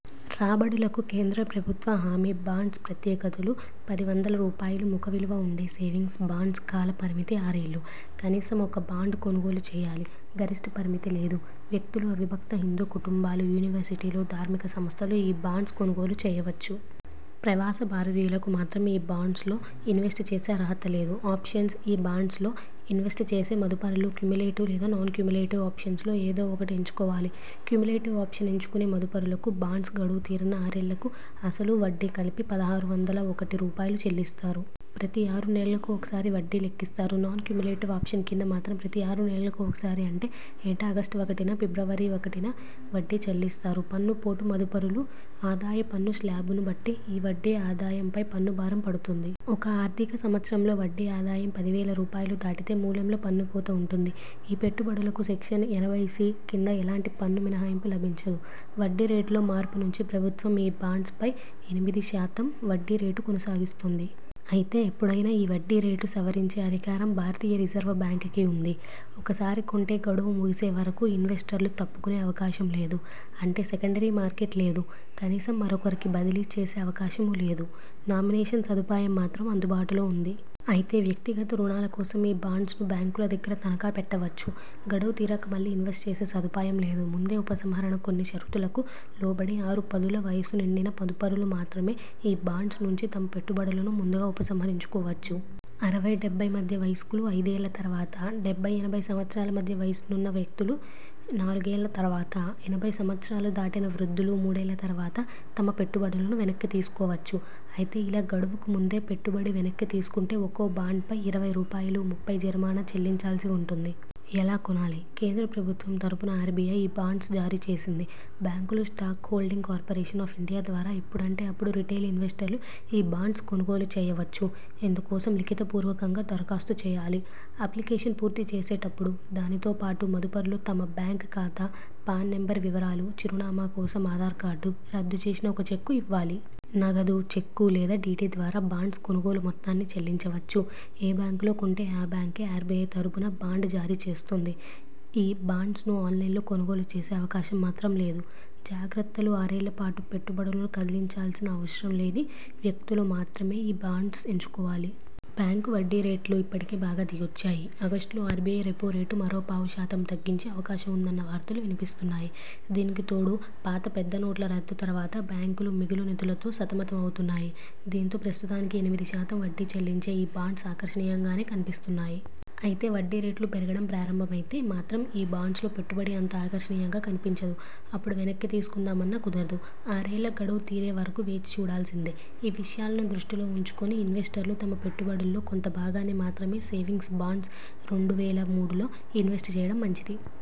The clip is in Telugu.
రాబడులకు కేంద్ర ప్రభుత్వ హామీ బాండ్స్ ప్రత్యేకతలు పది వందల రూపాయలు ముఖ విలువ ఉండే సేవింగ్స్ బాండ్స్ కాల పరిమితి ఆరేళ్లు. కనీసం ఒక బాండ్ కొనుగోలు చేయాలి. గరిష్ఠ పరిమితి లేదు. వ్యక్తులు, అవిభక్త హిందూ కుటుంబాలు, యూనివర్సిటీలు, ధార్మిక సంస్థలు ఈ బాండ్స్ కొనుగోలు చేయవచ్చు. ప్రవాస భారతీయులకు మాత్రం ఈ బాండ్స్లో ఇన్వెస్ట్ చేసే అర్హత లేదు. ఆప్షన్స్ఈ బాండ్స్లో ఇన్వెస్ట్ చేసే మదుపరులు క్యుములేటివ్ లేదా నాన్ క్యుములేటివ్ ఆప్షన్స్లో ఏదో ఒకటి ఎంచుకోవాలి. క్యుములేటివ్ ఆప్షన్ ఎంచుకునే మదుపరులకు బాండ్స్ గడువు తీరిన ఆరేళ్లకు అసలు, వడ్డీ కలిపి పదహారు వందల ఒకటి రూపాయలు చెల్లిస్తారు. ప్రతి ఆరు నెలలకు ఒకసారి వడ్డీ లెక్కిస్తారు. నాన్ క్యుములేటివ్ ఆప్షన్ కింద మాత్రం ప్రతి ఆరు నెలలకు ఒకసారి అంటే ఏటా ఆగస్టు ఒకటిన, ఫిబ్రవరి ఒకటిన వడ్డీ చెల్లిస్తారు. పన్ను పోటు మదుపరుల ఆదాయ పన్ను శ్లాబును బట్టి ఈ వడ్డీ ఆదాయం పై పన్ను భారం పడుతుంది. ఒక ఆర్థిక సంవత్సరంలో వడ్డీ ఆదాయం పది వేల రూపాయలు దాటితే మూలంలో పన్ను కోత ఉంటుంది. ఈ పెట్టు బడులకు సెక్షన్ ఎనభైసి కింద ఎలాంటి పన్ను మినహాయింపు లభించదు. వడ్డీ రేటులో మార్పు నుంచి ప్రభుత్వం ఈ బాండ్స్పై ఎనిమిది శాతం వడ్డీ రేటు కొనసాగిస్తోంది. అయితే ఎపుడైనా ఈ వడ్డీ రేటు సవరించే అధికారం భారతీయ రిజర్వ్ బ్యాంక్ కి ఉంది. ఒకసారి కొంటే గడువు ముగిసే వరకు ఇన్వెస్టర్లు తప్పుకునే అవకాశం లేదు. అంటే సెకండరీ మార్కెట్ లేదు. కనీసం మరొకరికి బదిలీ చేసే అవకాశమూ లేదు. నామినేషన్ సదుపాయం మాత్రం అందుబాటులో ఉంది. అయితే వ్యక్తిగత రుణాల కోసం ఈ బాండ్స్ను బ్యాంకుల దగ్గర తనఖా పెట్టవచ్చు. గడువు తీరాక మళ్లీ ఇన్వెస్ట్ చేసే సదుపాయం లేదు. ముందే ఉపసంహరణ కొన్ని షరతులకు లోబడి ఆరు పదుల వయసు నిండిన మదుపరులు మాత్రమే ఈ బాండ్స్ నుంచి తమ పెట్టుబడులను ముందుగా ఉపసంహరించుకోవచ్చు. అరవై, డెబ్బై మధ్య వయస్కులు ఐదేళ్ల తర్వాత, డెబ్బై-ఎనభై సంవత్సరాల మధ్య వయసున్న వ్యక్తులు నాలుగేళ్ల తర్వాత, ఎనభై సంవత్సరాలు దాటిన వృద్ధులు మూడేళ్ల తర్వాత తమ పెట్టుబడులను వెనక్కి తీసుకోవచ్చు. అయితే ఇలా గడువుకు ముందే పెట్టుబడి వెనక్కి తీసుకుంటే ఒక్కో బాండ్పై ఇరవై రూపాయలు, ముప్పై జరిమానా చెల్లించాల్సి ఉంటుంది. ఎలా కొనాలి? కేంద్ర ప్రభుత్వం తరఫున ఆర్బిఐ ఈ బాండ్స్ జారీ చేసింది. బ్యాంకులు, Stock Holding Corporation of India ద్వారా ఎప్పుడంటే అప్పుడు రిటైల్ ఇన్వెస్టర్లు ఈ బాండ్స్ కొనుగోలు చేయవచ్చు. ఇందు కోసం లిఖిత పూర్వకంగా దరఖాస్తు చేయాలి. అప్లికేషన్ పూర్తి చేసేటప్పుడు దానితో పాటు మదుపరులు తమ బ్యాంక్ ఖాతా, పాన్ నెంబర్ వివరాలు, చిరునామా కోసం ఆధార్ కార్డు, రద్దు చేసిన ఒక చెక్కు ఇవ్వాలి. నగదు, చెక్కు లేదా డిడి ద్వారా బాండ్స్ కొనుగోళ్ల మొత్తాన్ని చెల్లించవచ్చు. ఏ బ్యాంకులో కొంటే ఆ బ్యాంకే ఆర్బిఐ తరఫున బాండ్ జారీ చేస్తుంది. ఈ బాండ్స్ను ఆన్లైన్లో కొనుగోలు చేసే అవకాశం మాత్రం లేదు. జాగ్రత్తలు ఆరేళ్ల పాటు పెట్టు బడులను కదిలించాల్సిన అవసరం లేని వ్యక్తులు మాత్రమే ఈ బాండ్స్ ఎంచుకోవాలి. బ్యాంకు వడ్డీ రేట్లు ఇప్పటికే బాగా దిగొచ్చాయి. ఆగస్టు లో ఆర్బిఐ రెపో రేటు మరో పావు శాతం తగ్గించే అవకాశం ఉందన్న వార్తలు వినిపిస్తున్నాయి. దీనికి తోడు పాత పెద్ద నోట్ల రద్దు తర్వాత బ్యాంకులూ మిగులు నిధులతో సతమత మవుతున్నాయి. దీంతో ప్రస్తుతానికి ఎనిమిది శాతం వడ్డీ చెల్లించే ఈ బాండ్స్ ఆకర్షణీయంగానే కనిపిస్తున్నాయి. అయితే వడ్డీ రేట్లు పెరగడం ప్రారంభమైతే మాత్రం ఈ బాండ్స్లో పెట్టుబడి అంత ఆకర్షణీయంగా కనిపించదు. అప్పుడు వెనక్కి తీసుకుందామన్నా కుదరదు. ఆరేళ్ల గడువు తీరే వరకు వేచి చూడాల్సిందే. ఈ విషయాలను దృష్టిలో ఉంచుకుని ఇన్వెస్టర్లు తమ పెట్టుబడుల్లో కొంత భాగాన్ని మాత్రమే సేవింగ్స్ బాండ్స్, రెండు వేల మూడులో ఇన్వెస్ట్ చేయడం మంచిది.